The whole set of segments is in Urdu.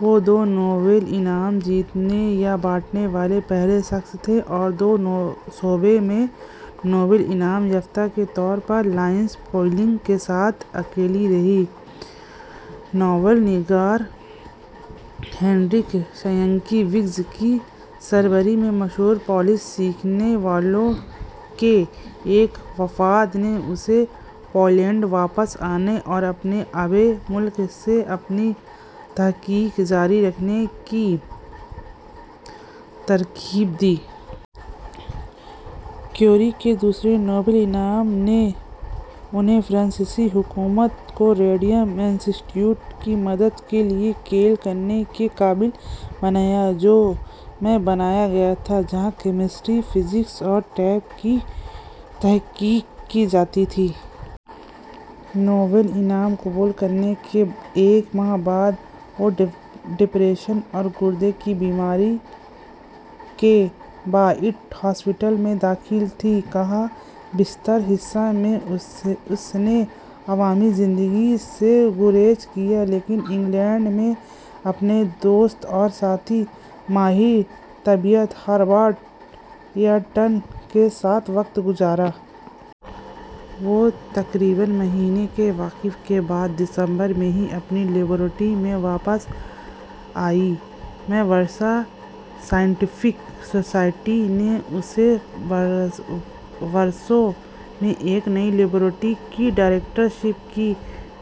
وہ دو نوبل انعام جیتنے یا بانٹنے والی پہلی شخص تھیں اور دو شعبوں میں نوبل انعام یافتہ کے طور پر لینس پالنگ کے ساتھ اکیلی رہیں۔ ناول نگار ہینریک سینکیوِکز کی سربراہی میں مشہور پولش سیکھنے والوں کے ایک وفد نے اسے پولینڈ واپس آنے اور اپنے آبائی ملک میں اپنی تحقیق جاری رکھنے کی ترغیب دی۔ کیوری کے دوسرے نوبل انعام نے انھیں فرانسیسی حکومت کو ریڈیم انسٹی ٹیوٹ کی مدد کے لیے قائل کرنے کے قابل بنایا، جو میں بنایا گیا تھا، جہاں کیمسٹری، فزکس اور طب میں تحقیق کی جاتی تھی۔ کا نوبل انعام قبول کرنے کے ایک ماہ بعد، وہ ڈپریشن اور گردے کی بیماری کے باعث ہسپتال میں داخل تھیں۔ کے بیشتر حصے میں، اس نے عوامی زندگی سے گریز کیا لیکن انگلینڈ میں اپنے دوست اور ساتھی ماہر طبیعیات، ہیرتھا ایرٹن کے ساتھ وقت گزارا۔ وہ تقریباً ماہ کے وقفے کے بعد دسمبر میں ہی اپنی لیبارٹری میں واپس آئی۔ میں وارسا سائنٹیفک سوسائٹی نے اسے وارسا میں ایک نئی لیبارٹری کی ڈائریکٹر شپ کی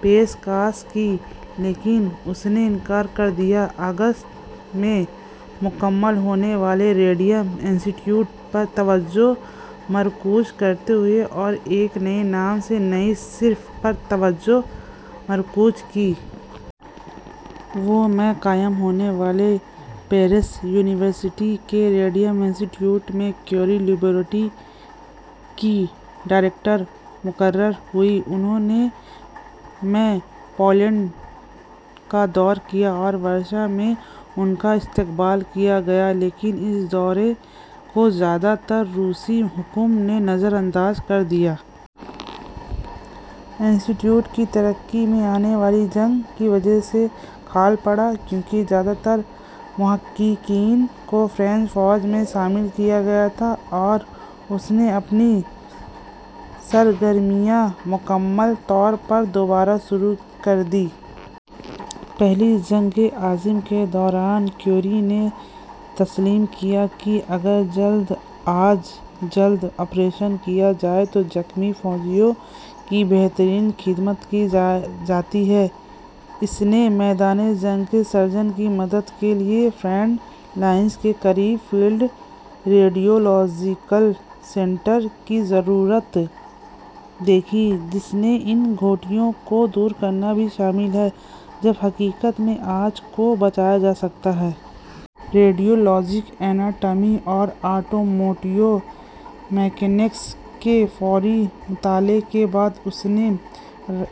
پیشکش کی لیکن اس نے انکار کر دیا، اگست میں مکمل ہونے والے ریڈیم انسٹی ٹیوٹ پر توجہ مرکوز کرتے ہوئے اور کے نام سے ایک نئی سڑک پر توجہ مرکوز کی۔ وہ میں قائم ہونے والے پیرس یونیورسٹی کے ریڈیم انسٹی ٹیوٹ میں کیوری لیبارٹری کی ڈائریکٹر مقرر ہوئیں۔ انھوں نے میں پولینڈ کا دورہ کیا اور وارسا میں ان کا استقبال کیا گیا لیکن اس دورے کو زیادہ تر روسی حکام نے نظر انداز کر دیا۔ انسٹی ٹیوٹ کی ترقی میں آنے والی جنگ کی وجہ سے خلل پڑا، کیونکہ زیادہ تر محققین کو فرانسیسی فوج میں شامل کیا گیا تھا اور اس نے میں اپنی سرگرمیاں مکمل طور پر دوبارہ شروع کر دیں۔ پہلی جنگ عظیم کے دوران، کیوری نے تسلیم کیا کہ اگر جلد از جلد آپریشن کیا جائے تو زخمی فوجیوں کی بہترین خدمت کی جاتی ہے۔ اس نے میدان جنگ کے سرجنوں کی مدد کے لیے فرنٹ لائنز کے قریب فیلڈ ریڈیولاجیکل سینٹرز کی ضرورت دیکھی، جس میں ان کٹوتیوں کو دور کرنا بھی شامل ہے جب حقیقت میں اعضاء کو بچایا جا سکتا تھا۔ ریڈیولوجی، اناٹومی اور آٹوموٹیو میکینکس کے فوری مطالعہ کے بعد اس نے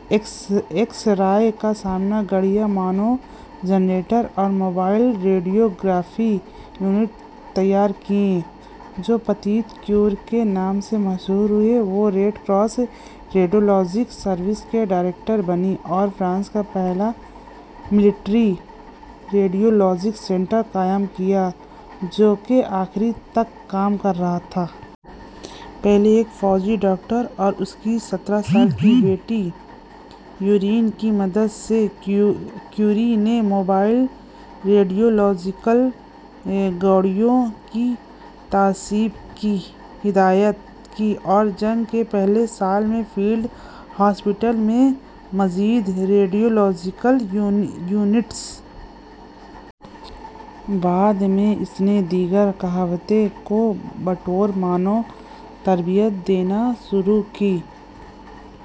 ایکسرے کا سامان، گاڑیاں، معاون جنریٹر اور موبائل ریڈیوگرافی یونٹ تیار کیے، جو پیٹائٹس کیوری کے نام سے مشہور ہوئے۔ وہ ریڈ کراس ریڈیولاجی سروس کی ڈائریکٹر بنیں اور فرانس کا پہلا ملٹری ریڈیولاجی سنٹر قائم کیا، جو کے آخر تک کام کر رہا تھا۔ پہلے ایک فوجی ڈاکٹر اور اس کی سالہ بیٹی آئرین کی مدد سے، کیوری نے موبائل ریڈیولاجیکل گاڑیوں کی تنصیب کی ہدایت کی۔ اور جنگ کے پہلے سال میں فیلڈ ہسپتالوں میں مزید ریڈیولاجیکل یونٹ۔ بعد میں، اس نے دیگر خواتین کو بطور معاون تربیت دینا شروع کی۔